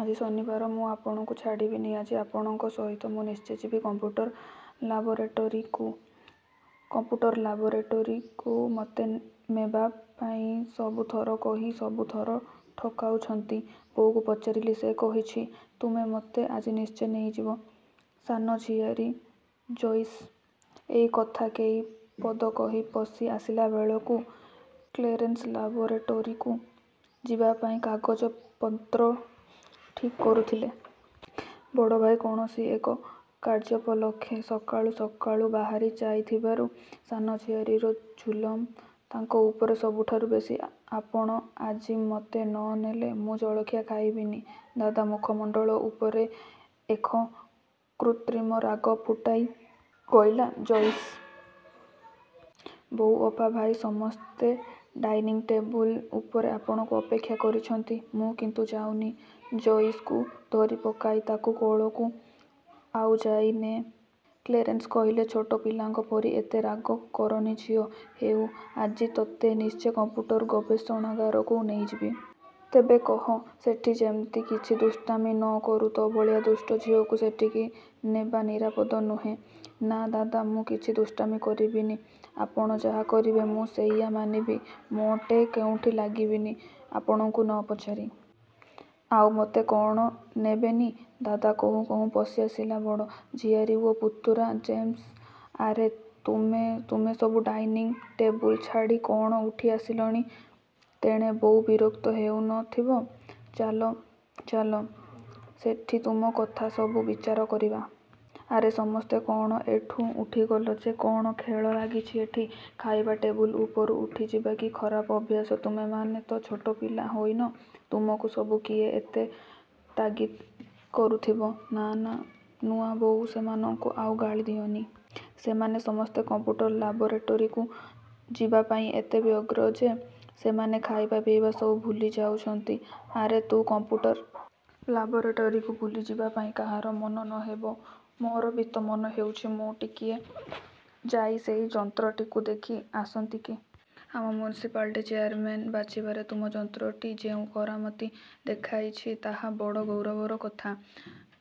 ଆଜି ଶନିବାର, ମୁଁ ଆପଣଙ୍କୁ ଛାଡ଼ିବିନି ଆଜି। ଆପଣଙ୍କ ସହିତ ମୁଁ ନିଶ୍ଚେ ଯିବି କଂପ୍ୟୁଟର ଲାବୋରେଟରୀକୁ। କଂପ୍ୟୁଟର ଲାବୋରେଟରୀକୁ ମୋତେ ମେବା ପାଇଁ ସବୁ ଥର କହି ସବୁ ଥର ଠକାଉଛନ୍ତି। ବୋଉକୁ ପଚାରିଲି, ସେ କହିଛି, ତୁମେ ମୋତେ ଆଜିନିଶ୍ଚେ ନେଇଯିବ। ସାନ ଝିଆରୀ ଜୟିସ୍ ଏଇ କଥା କେଇ ପଦ କହି ପଶି ଆସିଲାବେଳେକୁ କ୍ଳେରେନସ୍ ଲାବୋରେଟରୀକୁ ଯିବାପାଇଁ କାଗଜପନ୍ତ୍ର ଠିକ୍ କରୁଥିଲେ। ବଡ଼ ଭାଇ କୌଣସି ଏକ କାର୍ଯ୍ୟୋପଲକ୍ଷେ ସକାଳୁ ସକାଳୁ ବାହାରି ଯାଇଥିବାରୁ ସାନ ଝିଆରୀର ଜୁଲମ ତାଙ୍କ ଉପରେ ସବୁଠାରୁ ବେଶୀ ଆପଣ ଆଜି ମୋତେ ନ ନେଲେ ମୁଁ ଜଳଖିଆ ଖାଇବିନି ଦାଦା ମୁଖମଣ୍ଡଳ ଉପରେ ଏଖ କୃତ୍ରିମ ରାଗ ଫୁଟାଇ କହିଲା ଜୟିସ୍। ବୋଉ, ଅପା, ଭାଇ, ସମସ୍ତେ ଡାଇନିଂ ଟେବୁଲ ଉପରେ ଆପଣଙ୍କୁ ଅପେକ୍ଷା କରିଛନ୍ତି, ମୁଁ କିନ୍ତୁ ଯାଉନି। ଜୟିସକୁ ଧରିପକାଇ ତାକୁ କୋଳକୁ ଆଉଯାଇ ନେ କ୍ଳେରେନସ୍ କହିଲେ, ଛୋଟ ପିଲାଙ୍କ ପରି ଏତେ ରାଗ କରନି ଝିଅ। ହେଉ, ଆଜି ତୋତେ ନିଶ୍ଚେ କଂପ୍ୟୁଟର ଗବେଷଣାଗାରକୁ ନେଇଯିବି। ତେବେ କହ, ସେଠି ଯେମିତି କିଛି ଦୁଷ୍ଟାମି ନ କରୁ। ତୋ ଭଳିଆ ଦୁଷ୍ଟ ଝିଅକୁ ସେଠିକି ନେବାନିରାପଦ ନୁହେଁ। 'ନା, ଦାଦା, ମୁଁ କିଛି ଦୁଷ୍ଟାମି କରିବିନି। ଆପଣ ଯାହା କହିବେ, ମୁଁ ସେଇଆ ମାନିବି। ମୋ ଟେ କେଉଁଠି ଲାଗିବିନି, ଆପଣଙ୍କୁ ନ ପଚାରି। ଆଉ ମୋତେ କ'ଣ ନେବେନି, ଦାଦା' କହୁ କହୁ ପଶି ଆସିଲା ବଡ଼। ଝିଆରୀ ଓ ପୁତୁରା ଜେମସ୍। 'ଆରେ, ତୁମେ ତୁମେ ସବୁ ଡାଇନିଂ ଟେବୁଲ ଛାଡ଼ି କ'ଣ ଉଠି ଆସିଲାଣି। ତେଣେ ବୋଉ ବିରକ୍ତ ହେଉ ନ ଥିବ? ଚାଲ ଚାଲ, ସେଠି ତୁମ କଥା ସବୁ ବିଚାର କରିବା। ଆରେ ସମସ୍ତେ କ'ଣ ଏଠୁ ଉଠିଗଲ ଯେ? କ'ଣ ଖେଳ ଲାଗିଛି ଏଠି? ଖାଇବା ଟେବୁଲ ଉପରୁ ଉଠିଯିବା କି ଖରାପ ଅଭ୍ୟାସ। ତୁମେମାନେ ତ ଛୋଟ ପିଲା ହୋଇନ। ତୁମକୁ ସବୁ କିଏ ଏତେ ତାଗିତ କରୁଥିବ। ନା, ନା, ନୂଆବୋଉ, ସେମାନଙ୍କୁ ଆଉ ଗାଳି ଦିଅନି। ସେମାନେ ସମସ୍ତେ କଂପ୍ୟୁଟର ଲାବୋରେଟରୀକୁ ଯିବା ପାଇଁ ଏତେ ବ୍ୟଗ୍ର ଯେ, ସେମାନେ ଖାଇବା ପିଇବା ସବୁ ଭୁଲି ଯାଉଛନ୍ତି-। ଆରେ, ତୁମ କଂପ୍ୟୁଟର ଲାବୋରେଟରୀକୁ ବୁଲିଯିବା ପାଇଁ କାହାର ମନ ନ ହେବ? ମୋର ବି ତ ମନ ହେଉଛି, ମୁଁ ଟିକିଏ ଯାଇ ସେଇ ଯନ୍ତ୍ରଟିକୁ ଦେଖି ଆସନ୍ତି କି? ଆମ ମ୍ୟୁନିସିପାଲିଟି ଚେୟାରମ୍ୟାନ ବାଛିବାରେ ତୁମ ଯନ୍ତ୍ରଟି ଯେଉଁ କରାମିତ ଦେଖାଇଛି, ତାହା ବଡ଼ ଗୌରବର କଥା।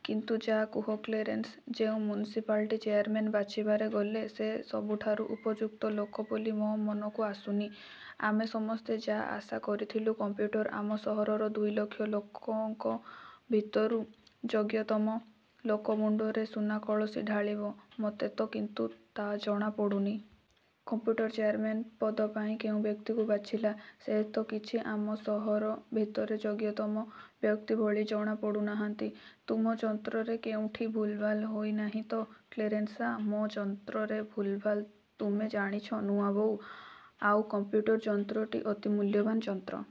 କିନ୍ତୁ ଯା' କୁହ କ୍ଳେରେନ୍ସ, ଯେଉଁ ମ୍ୟୁନିସିପାଲିଟି ଚେୟାରମ୍ୟାନ ବାଛିବାରେ ଗଲେ, ସେ ସବୁଠାରୁ ଉପଯୁକ୍ତ ଲୋକ ବୋଲି ମୋ ମନକୁ ଆସୁନି। ଆମେ ସମସ୍ତେ ଯା' ଆଶା କରୁଥିଲୁ କଂପ୍ୟୁଟର ଆମ ସହରର ଦୁଇଲକ୍ଷ ଲୋକଙ୍କ ଭିତରୁ ଯୋଗ୍ୟତମ ଲୋକ ମୁଣ୍ଡରେ ସୁନା କଳସି ଢାଳିବ ମୋତେ ତ କିନ୍ତୁ ତା ଜଣା ପଡ଼ୁନି। କଂପ୍ୟୁଟର ଚେୟାରମ୍ୟାନ ପଦ ପାଇଁ ଯେଉଁ ବ୍ୟକ୍ତିକୁ ବାଛିଲା, ସେ ତ କିଛି ଆମ ସହର ଭିତରେ ଯୋଗ୍ୟତମ ବ୍ୟକ୍ତି ଭଳି ଜଣା ପଡ଼ୁନାହାନ୍ତି। ତୁମ ଯନ୍ତ୍ରରେ କେଉଁଠି ଭୁଲଭାଲ ହୋଇ ନାହିଁ ତ କ୍ଳେରେନସ୍ଆ ମ ଯନ୍ତ୍ରରେ ଭୁଲଭାଲ ତୁମେ ଜାଣିଛ ନୂଆବୋଉ, ଆମ କଂପ୍ୟୁଟର ଯନ୍ତ୍ରଟି ଅତି ମୂଲ୍ୟବାନ ଯନ୍ତ୍ର।